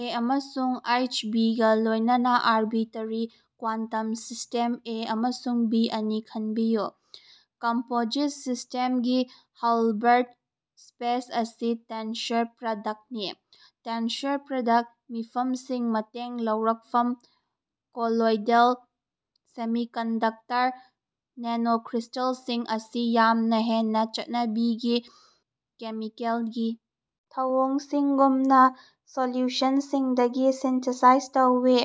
ꯑꯦ. ꯑꯃꯁꯨꯡ H. B. ꯒ ꯂꯣꯏꯅꯅ ꯑꯔꯕꯤꯇꯔꯔꯤ ꯀ꯭ꯋꯥꯟꯇꯝ ꯁꯤꯁꯇꯦꯝ ꯑꯦ ꯑꯃꯁꯨꯡ ꯕꯤ ꯑꯅꯤ ꯈꯟꯕꯤꯌꯨ꯫ ꯀꯝꯄꯣꯖꯤꯠ ꯁꯤꯁꯇꯦꯝꯒꯤ ꯍꯤꯜꯕꯔꯠ ꯁ꯭ꯄꯦꯁ ꯑꯁꯤ ꯇꯦꯟꯁꯔ ꯄ꯭ꯔꯗꯛꯅꯤ꯫ꯇꯦꯟꯁꯔ ꯄ꯭ꯔꯗꯛ ꯃꯤꯐꯝꯁꯤꯡ ꯃꯇꯦꯡ ꯂꯧꯔꯛꯐꯝ ꯀꯣꯂꯣꯏꯗꯦꯜ ꯁꯦꯃꯤꯀꯟꯗꯛꯇꯔ ꯅꯦꯅꯣꯀ꯭ꯔꯤꯁꯇꯜꯁꯤꯡ ꯑꯁꯤ ꯌꯥꯝꯅ ꯍꯦꯟꯅ ꯆꯠꯅꯕꯤꯒꯤ ꯀꯦꯃꯤꯀꯦꯜꯒꯤ ꯊꯧꯑꯣꯡꯁꯤꯡꯒꯨꯝꯅ, ꯁꯣꯜꯂꯨꯁꯟꯁꯤꯡꯗꯒꯤ ꯁꯤꯟꯊꯦꯁꯥꯏꯖ ꯇꯧꯋꯤ꯫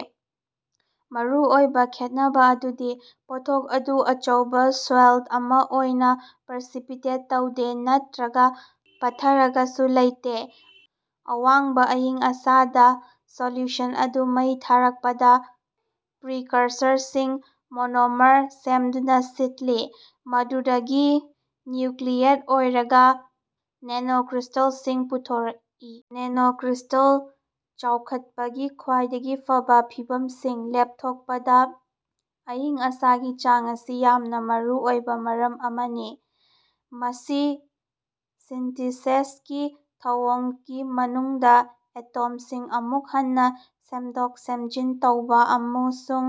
ꯃꯔꯨꯑꯣꯏꯕ ꯈꯦꯠꯅꯕ ꯑꯗꯨꯗꯤ ꯄꯣꯠꯊꯣꯛ ꯑꯗꯨ ꯑꯆꯧꯕ ꯁꯣꯜꯗ ꯑꯃ ꯑꯣꯏꯅ ꯄꯔꯁꯤꯄꯤꯇꯦꯠ ꯇꯧꯗꯦ ꯅꯠꯇ꯭ꯔꯒ ꯄꯠꯊꯔꯒꯁꯨ ꯂꯩꯗꯦ꯫ ꯑꯋꯥꯡꯕ ꯑꯏꯪꯑꯁꯥꯗ ꯁꯣꯂ꯭ꯌꯨꯁꯟ ꯑꯗꯨ ꯃꯩ ꯊꯥꯔꯛꯄꯗ, ꯄ꯭ꯔꯤꯀꯁꯔꯁꯤꯡ ꯃꯣꯅꯣꯃꯔ ꯁꯦꯝꯗꯨꯅ ꯁꯤꯠꯂꯤ, ꯃꯗꯨꯗꯒꯤ ꯅ꯭ꯌꯨꯀ꯭ꯂꯤꯌꯦꯠ ꯑꯣꯏꯔꯒ ꯅꯦꯅꯣꯀ꯭ꯔꯤꯁꯇꯜꯁꯤꯡ ꯄꯨꯊꯣꯛꯏ꯫ ꯅꯦꯅꯣꯀ꯭ꯔꯤꯁꯇꯜ ꯆꯥꯎꯈꯠꯄꯒꯤ ꯈ꯭ꯋꯥꯏꯗꯒꯤ ꯐꯕ ꯐꯤꯚꯝꯁꯤꯡ ꯂꯦꯞꯊꯣꯛꯄꯗ ꯑꯏꯪ-ꯑꯁꯥꯒꯤ ꯆꯥꯡ ꯑꯁꯤ ꯌꯥꯝꯅ ꯃꯔꯨ ꯑꯣꯏꯕ ꯃꯔꯝ ꯑꯃꯅꯤ꯫ ꯃꯁꯤ ꯁꯤꯟꯇꯤꯁꯦꯁꯀꯤ ꯊꯧꯑꯣꯡꯒꯤ ꯃꯅꯨꯡꯗ ꯑꯦꯇꯣꯝꯁꯤꯡ ꯑꯃꯨꯛ ꯍꯟꯅ ꯁꯦꯝꯗꯣꯛ-ꯁꯦꯝꯖꯤꯟ ꯇꯧꯕ ꯑꯃꯁꯨꯡ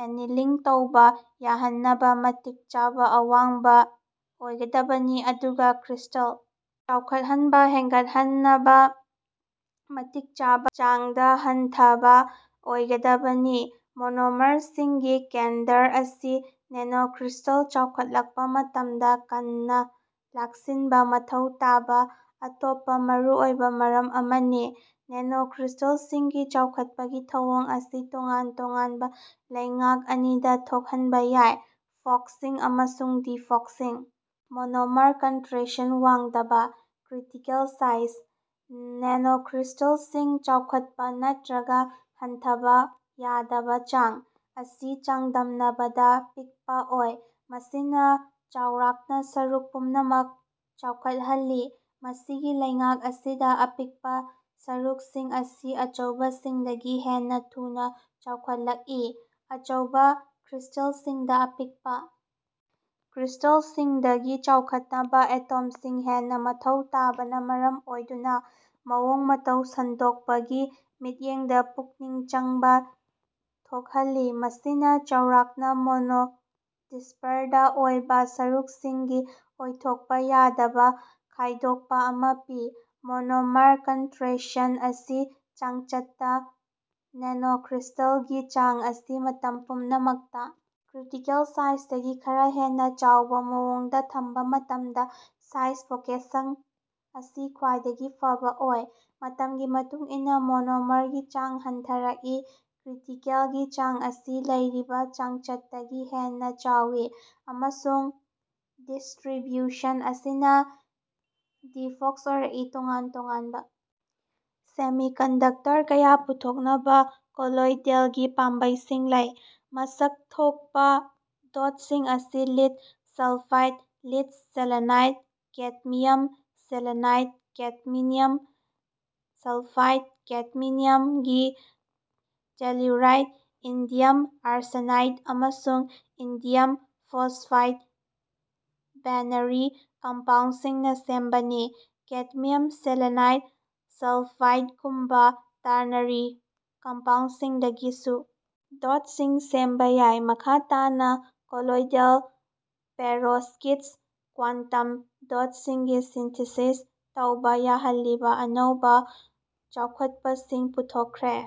ꯑꯦꯅꯤꯂꯤꯡ ꯇꯧꯕ ꯌꯥꯍꯟꯅꯕ ꯃꯇꯤꯛ ꯆꯥꯕ ꯑꯋꯥꯡꯕ ꯑꯣꯏꯒꯗꯕꯅꯤ ꯑꯗꯨꯒ ꯀ꯭ꯔꯤꯁꯇꯜ ꯆꯥꯎꯈꯠꯍꯟꯕ ꯍꯦꯟꯒꯠꯍꯟꯅꯕ ꯃꯇꯤꯛ ꯆꯥꯕ ꯆꯥꯡꯗ ꯍꯟꯊꯕ ꯑꯣꯏꯒꯗꯕꯅꯤ꯫ ꯃꯣꯅꯣꯃꯔꯁꯤꯡꯒꯤ ꯀꯦꯟꯗ꯭ꯔ ꯑꯁꯤ ꯅꯦꯅꯣꯀ꯭ꯔꯤꯁꯇꯜ ꯆꯥꯎꯈꯠꯂꯛꯄ ꯃꯇꯝꯗ ꯀꯟꯅ ꯂꯥꯛꯁꯤꯟꯕ ꯃꯊꯧ ꯇꯥꯕ ꯑꯇꯣꯞꯄ ꯃꯔꯨꯑꯣꯏꯕ ꯃꯔꯝ ꯑꯃꯅꯤ꯫ ꯅꯦꯅꯣꯀ꯭ꯔꯤꯁꯇꯜꯁꯤꯡꯒꯤ ꯆꯥꯎꯈꯠꯄꯒꯤ ꯊꯧꯑꯣꯡ ꯑꯁꯤ ꯇꯣꯉꯥꯟ-ꯇꯣꯉꯥꯟꯕ ꯂꯩꯉꯥꯛ ꯑꯅꯤꯗ ꯊꯣꯛꯍꯟꯕ ꯌꯥꯏ: "ꯐꯣꯀꯁꯤꯡ" ꯑꯃꯁꯨꯡ "ꯗꯤꯐꯣꯀꯁꯤꯡ"꯫ ꯃꯣꯅꯣꯃꯔ ꯀꯟꯇ꯭ꯔꯦꯁꯟ ꯋꯥꯡꯕꯗ, ꯀ꯭ꯔꯤꯇꯤꯀꯦꯜ ꯁꯥꯏꯖ (ꯅꯦꯅꯣꯀ꯭ꯔꯤꯁꯇꯜꯁꯤꯡ ꯆꯥꯎꯈꯠꯄ ꯅꯠꯇ꯭ꯔꯒ ꯍꯟꯊꯕ ꯌꯥꯗꯕ ꯆꯥꯡ) ꯑꯁꯤ ꯆꯥꯡꯗꯝꯅꯕꯗ ꯄꯤꯛꯄ ꯑꯣꯏ, ꯃꯁꯤꯅ ꯆꯥꯎꯔꯥꯛꯅ ꯁꯔꯨꯛ ꯄꯨꯝꯅꯃꯛ ꯆꯥꯎꯈꯠꯍꯜꯂꯤ꯫ ꯃꯁꯤꯒꯤ ꯂꯩꯉꯥꯛ ꯑꯁꯤꯗ, ꯑꯄꯤꯛꯄ ꯁꯔꯨꯛꯁꯤꯡ ꯑꯁꯤ ꯑꯆꯧꯕꯁꯤꯡꯗꯒꯤ ꯍꯦꯟꯅ ꯊꯨꯅ ꯆꯥꯎꯈꯠꯂꯛꯏ (ꯑꯆꯧꯕ ꯀ꯭ꯔꯤꯁ꯭ꯇꯦꯜꯁꯤꯡꯗ ꯑꯄꯤꯛꯄ ꯀ꯭ꯔꯤꯁꯇꯜꯁꯤꯡꯗꯒꯤ ꯆꯥꯎꯈꯠꯅꯕ ꯑꯦꯇꯣꯝꯁꯤꯡ ꯍꯦꯟꯅ ꯃꯊꯧ ꯇꯥꯕꯅ ꯃꯔꯝ ꯑꯣꯏꯗꯨꯅ ꯃꯑꯣꯡ-ꯃꯇꯧ ꯁꯟꯗꯣꯛꯄꯒꯤ ꯃꯤꯠꯌꯦꯡꯗ ꯄꯨꯛꯅꯤꯡ ꯆꯪꯕꯥ ꯊꯣꯛꯍꯜꯂꯤ, ꯃꯁꯤꯅ ꯆꯥꯎꯔꯥꯛꯅ ꯃꯣꯅꯣꯗꯤꯁꯄꯔꯗ ꯑꯣꯏꯕ ꯁꯔꯨꯛꯁꯤꯡꯒꯤ ꯑꯣꯏꯊꯣꯛꯄ ꯌꯥꯗꯕ ꯈꯥꯏꯗꯣꯛꯄ ꯑꯃ ꯄꯤ꯫ ꯃꯣꯅꯣꯃꯔ ꯀꯣꯟꯁꯇ꯭ꯔꯦꯁꯟ ꯑꯁꯤ ꯆꯥꯡꯆꯠꯇ ꯅꯦꯅꯣꯀ꯭ꯔꯤꯁꯇꯜꯒꯤ ꯆꯥꯡ ꯑꯁꯤ ꯃꯇꯝ ꯄꯨꯝꯅꯃꯛꯇ ꯀ꯭ꯔꯤꯇꯤꯀꯦꯜ ꯁꯥꯏꯖꯗꯒꯤ ꯈꯔ ꯍꯦꯟꯅ ꯆꯥꯎꯕ ꯃꯑꯣꯡꯗ ꯊꯝꯕ ꯃꯇꯝꯗ ꯁꯥꯏꯖ ꯐꯣꯀꯦꯁꯡ ꯑꯁꯤ ꯈ꯭ꯋꯥꯏꯗꯒꯤ ꯐꯕ ꯑꯣꯏ꯫ ꯃꯇꯝꯒꯤ ꯃꯇꯨꯡ ꯏꯟꯅ ꯃꯣꯅꯣꯃꯔꯒꯤ ꯆꯥꯡ ꯍꯟꯊꯔꯛꯏ, ꯀ꯭ꯔꯤꯇꯤꯀꯦꯜꯒꯤ ꯆꯥꯡ ꯑꯁꯤ ꯂꯩꯔꯤꯕ ꯆꯥꯡꯆꯠꯇꯒꯤ ꯍꯦꯟꯅ ꯆꯥꯎꯏ, ꯑꯃꯁꯨꯡ ꯗꯤꯁꯇ꯭ꯔꯤꯕ꯭ꯌꯨꯁꯟ ꯑꯁꯤꯅ ꯗꯤꯐꯣꯀꯁ ꯑꯣꯏꯔꯛꯏ꯫ ꯇꯣꯉꯥꯟ-ꯇꯣꯉꯥꯟꯕ ꯁꯦꯃꯤꯀꯟꯗꯛꯇꯔ ꯀꯌꯥ ꯄꯨꯊꯣꯛꯅꯕ ꯀꯣꯂꯣꯏꯗꯦꯜꯒꯤ ꯄꯥꯝꯕꯩꯁꯤꯡ ꯂꯩ꯫ ꯃꯁꯛ ꯊꯣꯛꯄ ꯗꯣꯠꯁꯤꯡ ꯑꯁꯤ lead sulphide, lead selenide, cadmium selenide, cadmium sulphide, ꯀꯦꯗꯤꯃꯤꯅ꯭ꯌꯝꯒꯤ ꯇꯦꯂꯨꯔꯥꯏꯗ, ꯏꯟꯗꯤꯌꯝ ꯑꯥꯔꯁꯦꯅꯥꯏꯗ, ꯑꯃꯁꯨꯡ ꯏꯟꯗꯤꯌꯝ ꯐꯣꯁꯐꯥꯏꯗ ꯕꯦꯅꯔꯤ ꯀꯝꯄꯥꯎꯟꯁꯤꯡꯅ ꯁꯦꯝꯕꯅꯤ꯫ ꯀꯦꯗꯃꯤꯌꯝ ꯁꯦꯂꯦꯅꯥꯏꯗ ꯁꯜꯐꯥꯏꯗꯒꯨꯝꯕ ꯇꯔꯅꯔꯤ ꯀꯝꯄꯥꯎꯟꯁꯤꯡꯗꯒꯤꯁꯨ ꯗꯣꯠꯁꯤꯡ ꯁꯦꯝꯕ ꯌꯥꯏ꯫ ꯃꯈꯥ ꯇꯥꯅ, ꯀꯣꯂꯣꯏꯗꯦꯜ ꯄꯦꯔꯣꯚꯁ꯭ꯀꯤꯠ ꯀ꯭ꯋꯥꯟꯇꯝ ꯗꯣꯠꯁꯤꯡꯒꯤ ꯁꯤꯟꯊꯤꯁꯤꯁ ꯇꯧꯕ ꯌꯥꯍꯜꯂꯤꯕ ꯑꯅꯧꯕ ꯆꯥꯎꯈꯠꯄꯁꯤꯡ ꯄꯨꯊꯣꯛꯈ꯭ꯔꯦ꯫